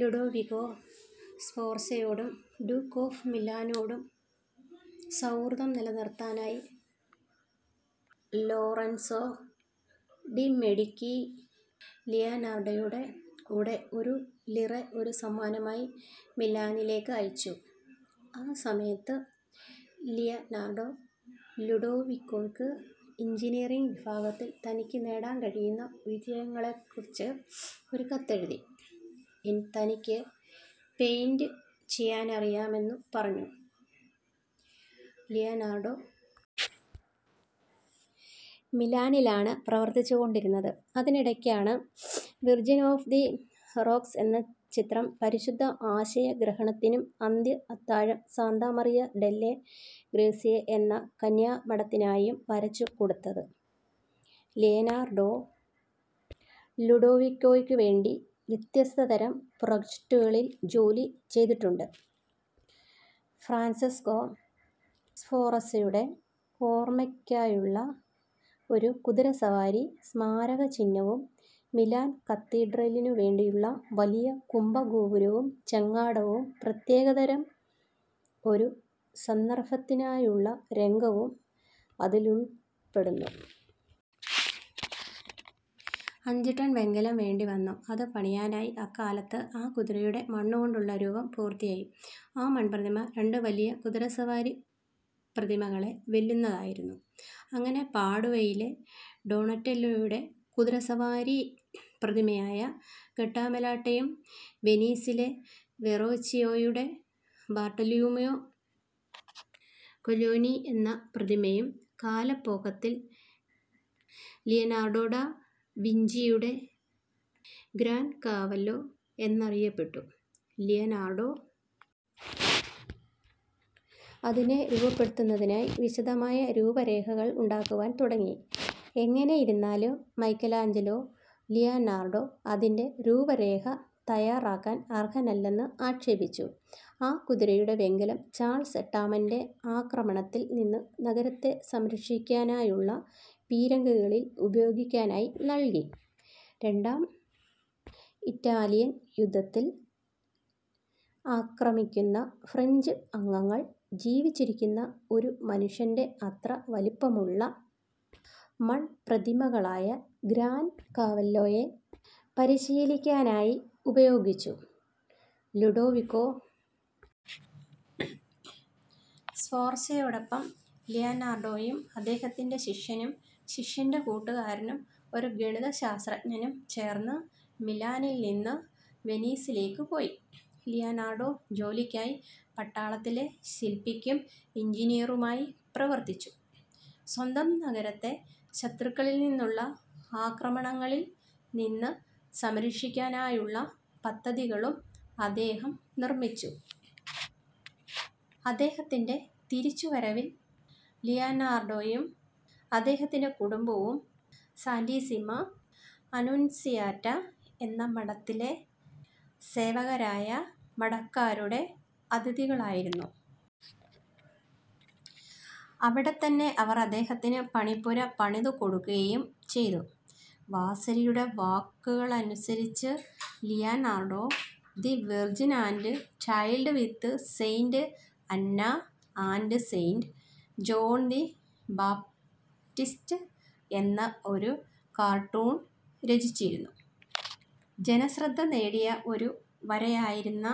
Ludovico സ്ഫോർസയോടും duke of മിലാനോടും സൗഹൃദം നിലനിർത്താനായി ലോറൻസോ ഡി മെഡികി ലിയനാർഡോയുടെ കൂടെ ഒരു ലിറെ ഒരു സമ്മാനമായി മിലാനിലേക്ക് അയച്ചു. ആ സമയത്ത് ലിയനാർഡോ ലുഡോവിക്കോയ്ക്ക് എഞ്ചിനീയറിങ് വിഭാഗത്തിൽ തനിക്ക് നേടാൻ കഴിയുന്ന വിജയങ്ങളെക്കുറിച്ച് ഒരു കത്തെഴുതി. തനിക്ക് പെയിന്റ് ചെയ്യാനുമറിയാമെന്നും പറഞ്ഞു. ലിയനാർഡോ മിലാനിലാണ് പ്രവർത്തിച്ചുകൊണ്ടിരുന്നത്. അതിനിടയ്ക്കാണ് വിർജിൻ ഓഫ് ദി റോക്ക്സ് എന്ന ചിത്രം പരിശുദ്ധ ആശയഗ്രഹണത്തിനും, അന്ത്യ അത്താഴം സാന്താ മറിയ ഡെല്ലെ ഗ്രാസിയേ എന്ന കന്യാമഠത്തിനായും വരച്ചുകൊടുത്തത്. ലിയനാർഡോ ലുഡോവിക്കോയ്ക്കുവേണ്ടി വ്യത്യസ്തതരം പ്രോജക്റ്റുകളിൽ ജോലിചെയ്തിട്ടുണ്ട്. ഫ്രാൻസെസ്കോ സ്ഫോർസയുടെ ഓർമ്മയ്ക്കായുള്ള ഒരു കുതിരസവാരി സ്മാരകചിഹ്നവും, മിലാൻ കത്തീഡ്രലിനുവേണ്ടിയുള്ള വലിയ കുംഭഗോപുരവും, ചങ്ങാടവും പ്രത്യേകതരം ഒരു സന്ദർഭത്തിനായുള്ള രംഗവും അതിലുൾപ്പെടുന്നു. അഞ്ച് ടൺ വെങ്കലം വേണ്ടി വന്നു അത് പണിയാനായി. അക്കാലത്ത് ആ കുതിരയുടെ മണ്ണുകൊണ്ടുള്ള രൂപം പൂർത്തിയായി. ആ മൺപ്രതിമ രണ്ട് വലിയ കുതിരസവാരി പ്രതിമകളെ വെല്ലുന്നതായിരുന്നു. അങ്ങനെ പാഡുവയിലെ ഡോണറ്റെല്ലോയുടെ കുതിരസവാരി പ്രതിമയായ ഗട്ടാമെലാട്ടയും, വെനീസിലെ വെറോച്ചിയോയുടെ ബാർട്ടലൂമിയോ കോല്ല്യോനി എന്ന പ്രതിമയും കാലപ്പോകത്തിൽ ലിയനാർഡോ ഡാ വിഞ്ചിയുടെ ഗ്രാൻ കാവല്ലോ എന്നറിയപ്പെട്ടു. ലിയനാർഡോ അതിനെ രൂപപ്പെടുത്തുന്നതിനായി വിശദമായ രൂപരേഖകൾ ഉണ്ടാക്കുവാൻ തുടങ്ങി. എങ്ങനെയിരുന്നാലും മൈക്കലാഞ്ചലോ, ലിയനാർഡോ അതിൻ്റെ രൂപരേഖ തയ്യാറാക്കാൻ അർഹനല്ലെന്ന് ആക്ഷേപിച്ചു.ആ കുതിരയുടെ വെങ്കലം ചാൾസ് എട്ടാമൻ്റെ ആക്രമണത്തിൽ നിന്ന് നഗരത്തെ സംരക്ഷിക്കാനായുള്ള പീരങ്കികളിൽ ഉപയോഗിക്കാനായി നൽകി. രണ്ടാം ഇറ്റാലിയൻ യുദ്ധത്തിൽ ആക്രമിക്കുന്ന ഫ്രഞ്ച് അംഗങ്ങൾ ജീവിച്ചിരിക്കുന്ന ഒരു മനുഷ്യൻ്റെ അത്ര വലിപ്പമുള്ള മൺപ്രതിമകളായ ഗ്രാൻ കാവല്ലോയെ പരിശീലിക്കാനായി ഉപയോഗിച്ചു. ലുഡോവികോ സ്ഫോർസയോടൊപ്പം ലിയനാർഡോയും അദ്ദേഹത്തിൻ്റെ ശിഷ്യനും, ശിഷ്യൻ്റെ കൂട്ടുകാരനും, ഒരു ഗണിതശാസ്ത്രജ്ഞനും ചേർന്ന് മിലാനിൽ നിന്ന് വെനീസിലേക്ക് പോയി. ലിയനാർഡോ ജോലിക്കായി പട്ടാളത്തിലെ ശിൽപ്പിയും എഞ്ചിനീയറുമായി പ്രവർത്തിച്ചു. സ്വന്തം നഗരത്തെ ശത്രുക്കളിൽ നിന്നുള്ള ആക്രമണങ്ങളിൽ നിന്ന് സംരക്ഷിക്കാനായുള്ള പദ്ധതികളും അദ്ദേഹം നിർമ്മിച്ചു. അദ്ദേഹത്തിൻ്റെ തിരിച്ചുവരവിൽ ലിയനാർഡോയും അദ്ദേഹത്തിൻ്റെ കുടുംബവും സാന്റിസ്സിമാ അനുൻസിയാറ്റാ എന്ന മഠത്തിലെ സേവകരായ മഠക്കാരുടെ അതിഥികളായിരുന്നു. അവിടെത്തന്നെ അവർ അദ്ദേഹത്തിന് പണിപ്പുര പണിതുകൊടുക്കുകയും ചെയ്തു. വാസരിയുടെ വാക്കുകളനുസരിച്ച് Leonardo the Virgin and Child with Saint Anna and Saint John the Baptist എന്ന ഒരു കാർട്ടൂൺ രചിച്ചിരുന്നു. ജനശ്രദ്ധ നേടിയ ഒരു വരയായിരുന്ന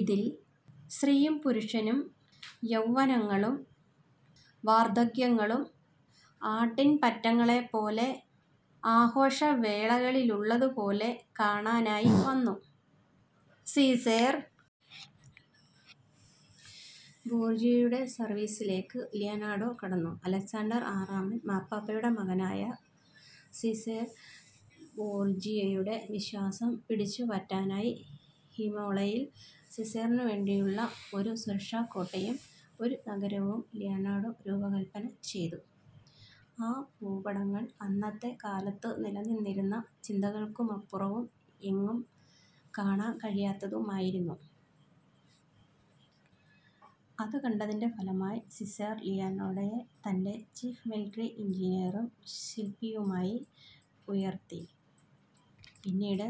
ഇതിൽ സ്ത്രീയും പുരുഷനും, യൗവനങ്ങളും വാർദ്ധക്യങ്ങളും ആട്ടിൻപറ്റങ്ങളെ പോലെ ആഘോഷവേളകളിലുള്ളതുപോലെ കാണാനായി വന്നു. സീസേർ ബോർജിയയുടെ സർവീസിലേക്ക് ലിയനാർഡോ കടന്നു. അലക്സാണ്ടർ ആറാമൻ മാർപ്പാപ്പയുടെ മകനായ സീസേർ ബോർജിയയുടെ വിശ്വാസം പിടിച്ചുപറ്റാനായി ഇമോളയിൽ സീസേറിനുവേണ്ടിയുള്ള ഒരു സുരക്ഷാകോട്ടയും ഒരു നഗരവും ലിയനാർഡോ രൂപകൽപ്പന ചെയ്തു.ആ ഭൂപടങ്ങൾ അന്നത്തെ കാലത്ത് നിലനിന്നിരുന്ന ചിന്തകൾക്കുമപ്പുറവും എങ്ങും കാണാൻ കഴിയാത്തതുമായിരുന്നു. അത് കണ്ടതിൻ്റെ ഫലമായി സീസേർ ലിയനാർഡോയെ തൻ്റെ ചീഫ് മിലിട്ടറി എഞ്ചിനീയറും ശിൽപ്പിയുമായി ഉയർത്തി. പിന്നീട്